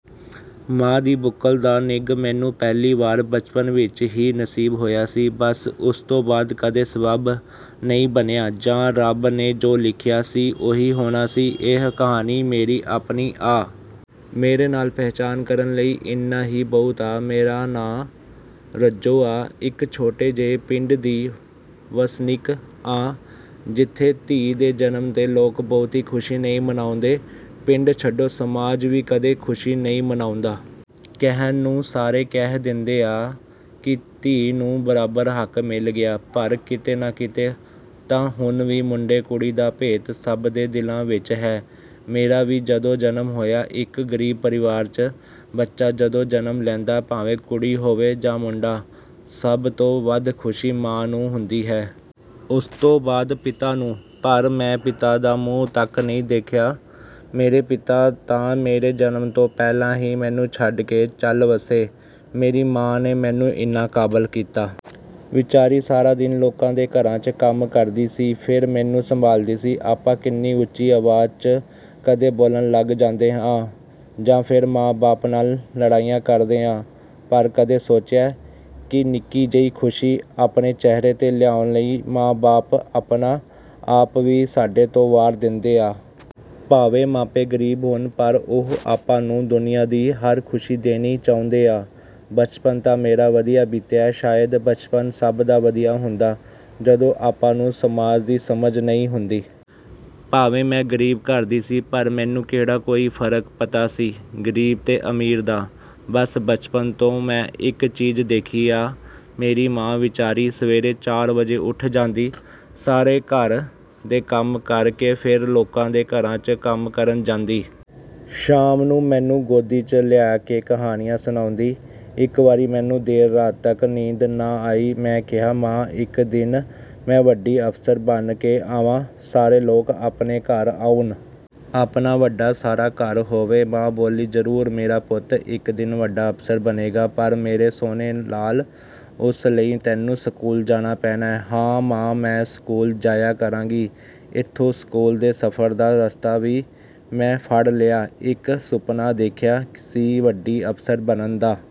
ਮਾਂ ਦੀ ਬੁੱਕਲ ਦਾ ਨਿੱਘ ਮੈਨੂੰ ਪਹਿਲੀ ਵਾਰ ਬਚਪਨ ਵਿੱਚ ਹੀ ਨਸੀਬ ਹੋਇਆ ਸੀ। ਬਸ, ਉਸ ਤੋਂ ਬਾਅਦ ਕਦੇ ਸਬੱਬ ਨਹੀਂ ਬਣਿਆ, ਜਾਂ ਰੱਬ ਨੇ ਜੋ ਲਿਖਿਆ ਸੀ ਉਹੀ ਹੋਣਾ ਸੀ। ਇਹ ਕਹਾਣੀ ਮੇਰੀ ਆਪਣੀ ਆਂ। ਮੇਰੇ ਨਾਲ ਪਛਾਣ ਕਰਨ ਲਈ ਇੰਨਾ ਹੀ ਬਹੁਤ ਆ। ਮੇਰਾ ਨਾਂ ਰੱਜੋ ਆ, ਇਕ ਛੋਟੇ ਜਿਹੇ ਪਿੰਡ ਦੀ ਵਸਨੀਕ ਆਂ, ਜਿੱਥੇ ਧੀ ਦੇ ਜਨਮ 'ਤੇ ਲੋਕ ਬਹੁਤੀ ਖੁਸ਼ੀ ਨਹੀਂ ਮਨਾਉਂਦੇ। ਪਿੰਡ ਛੱਡੋ, ਸਮਾਜ ਵੀ ਕਦੇ ਖੁਸ਼ੀ ਨਹੀਂ ਮਨਾਉਂਦਾ। ਕਹਿਣ ਨੂੰ ਸਾਰੇ ਕਹਿ ਦਿੰਦੇ ਆ ਕਿ ਧੀ ਨੂੰ ਬਰਾਬਰ ਹੱਕ ਮਿਲ ਗਿਆ ਪਰ ਕਿਤੇ ਨਾ ਕਿਤੇ ਤਾਂ ਹੁਣ ਵੀ ਮੁੰਡੇ-ਕੁੜੀ ਦਾ ਭੇਤ ਸਭ ਦੇ ਦਿਲਾਂ ਵਿੱਚ ਹੈ। ਮੇਰਾ ਵੀ ਜਦੋਂ ਜਨਮ ਹੋਇਆ, ਇਕ ਗਰੀਬ ਪਰਿਵਾਰ 'ਚ ਬੱਚਾ ਜਦੋਂ ਜਨਮ ਲੈਂਦਾ, ਭਾਵੇਂ ਕੁੜੀ ਹੋਵੇ ਜਾਂ ਮੁੰਡਾ, ਸਭ ਤੋਂ ਵੱਧ ਖੁਸ਼ੀ ਮਾਂ ਨੂੰ ਹੁੰਦੀ ਹੈ। ਉਸ ਤੋਂ ਬਾਅਦ ਪਿਤਾ ਨੂੰ। ਪਰ, ਮੈਂ ਪਿਤਾ ਦਾ ਮੂੰਹ ਤੱਕ ਨਹੀਂ ਦੇਖਿਆ। ਮੇਰੇ ਪਿਤਾ ਤਾਂ ਮੇਰੇ ਜਨਮ ਤੋਂ ਪਹਿਲਾਂ ਹੀ ਮੈਨੂੰ ਛੱਡ ਕੇ ਚੱਲ ਵੱਸੇ। ਮੇਰੀ ਮਾਂ ਨੇ ਮੈਨੂੰ ਇੰਨਾ ਕਾਬਲ ਕੀਤਾ। ਵਿਚਾਰੀ ਸਾਰਾ ਦਿਨ ਲੋਕਾਂ ਦੇ ਘਰਾਂ 'ਚ ਕੰਮ ਕਰਦੀ ਸੀ, ਫਿਰ ਮੈਨੂੰ ਸੰਭਾਲਦੀ ਸੀ। ਆਪਾਂ ਕਿੰਨੀ ਉੱਚੀ ਆਵਾਜ਼ 'ਚ ਕਦੇ ਬੋਲਣ ਲੱਗ ਜਾਂਦੇ ਆਂ ਜਾਂ ਫਿਰ ਮਾਂ-ਬਾਪ ਨਾਲ ਲੜਾਈਆਂ ਕਰਦੇ ਆਂ, ਪਰ ਕਦੇ ਸੋਚਿਆ ਕਿ ਨਿੱਕੀ ਜਿਹੀ ਖੁਸ਼ੀ ਆਪਣੇ ਚਿਹਰੇ 'ਤੇ ਲਿਆਉਣ ਲਈ ਮਾਂ-ਬਾਪ ਆਪਣਾ ਆਪ ਵੀ ਸਾਡੇ ਤੋਂ ਵਾਰ ਦਿੰਦੇ ਆ। ਭਾਵੇਂ ਮਾਪੇ ਗਰੀਬ ਹੋਣ, ਪਰ ਉਹ ਆਪਾਂ ਨੂੰ ਦੁਨੀਆ ਦੀ ਹਰ ਖੁਸ਼ੀ ਦੇਣੀ ਚਾਹੁੰਦੇ ਆ। ਬਚਪਨ ਤਾਂ ਮੇਰਾ ਵਧੀਆ ਬੀਤਿਆ। ਸ਼ਾਇਦ ਬਚਪਨ ਸਭ ਦਾ ਵਧੀਆ ਹੁੰਦਾ, ਜਦੋਂ ਆਪਾਂ ਨੂੰ ਸਮਾਜ ਦੀ ਸਮਝ ਨਹੀਂ ਹੁੰਦੀ। ਭਾਵੇਂ ਮੈਂ ਗਰੀਬ ਘਰ ਸੀ, ਪਰ ਮੈਨੂੰ ਕਿਹੜਾ ਕੋਈ ਫਰਕ ਪਤਾ ਸੀ ਗਰੀਬ ਤੇ ਅਮੀਰ ਦਾ। ਬਸ ਬਚਪਨ ਤੋਂ ਮੈਂ ਇਕ ਚੀਜ਼ ਦੇਖੀ ਆ। ਮੇਰੀ ਮਾਂ ਵਿਚਾਰੀ ਸਵੇਰੇ ਚਾਰ ਵਜੇ ਉੱਠ ਜਾਂਦੀ, ਸਾਰੇ ਘਰ ਦੇ ਕੰਮ ਕਰ ਕੇ ਫਿਰ ਲੋਕਾਂ ਦੇ ਘਰਾਂ 'ਚ ਕੰਮ ਕਰਨ ਜਾਂਦੀ। ਸ਼ਾਮ ਨੂੰ ਮੈਨੂੰ ਗੋਦੀ 'ਚ ਲੈ ਕੇ ਕਹਾਣੀਆਂ ਸੁਣਾਉਂਦੀ। ਇਕ ਵਾਰੀ ਮੈਨੂੰ ਦੇਰ ਰਾਤ ਤੱਕ ਨੀਂਦ ਨਾ ਆਈ। ਮੈਂ ਕਿਹਾ, ''ਮਾਂ, ਇਕ ਦਿਨ ਮੈਂ ਵੱਡੀ ਅਫ਼ਸਰ ਬਣ ਕੇ ਆਵਾਂ। ਸਾਰੇ ਲੋਕ ਆਪਣੇ ਘਰ ਆਉਣ। ਆਪਣਾ ਵੱਡਾ ਸਾਰਾ ਘਰ ਹੋਵੇ।'' ਮਾਂ ਬੋਲੀ, ''ਜ਼ਰੂਰ ਮੇਰਾ ਪੁੱਤ ਇਕ ਦਿਨ ਵੱਡਾ ਅਫ਼ਸਰ ਬਣੇਗਾ। ਪਰ ਮੇਰੇ ਸੋਹਣੇ ਲਾਲ, ਉਸ ਲਈ ਤੈਨੂੰ ਸਕੂਲ ਜਾਣਾ ਪੈਣਾ।'' ''ਹਾਂ ਮਾਂ, ਮੈਂ ਸਕੂਲ ਜਾਇਆ ਕਰਾਂਗੀ।'' ਇੱਥੋਂ ਸਕੂਲ ਦੇ ਸਫ਼ਰ ਦਾ ਰਸਤਾ ਵੀ ਮੈਂ ਫੜ ਲਿਆ। ਇਕ ਸੁਪਨਾ ਦੇਖਿਆ ਸੀ- ਵੱਡੀ ਅਫ਼ਸਰ ਬਣਨ ਦਾ।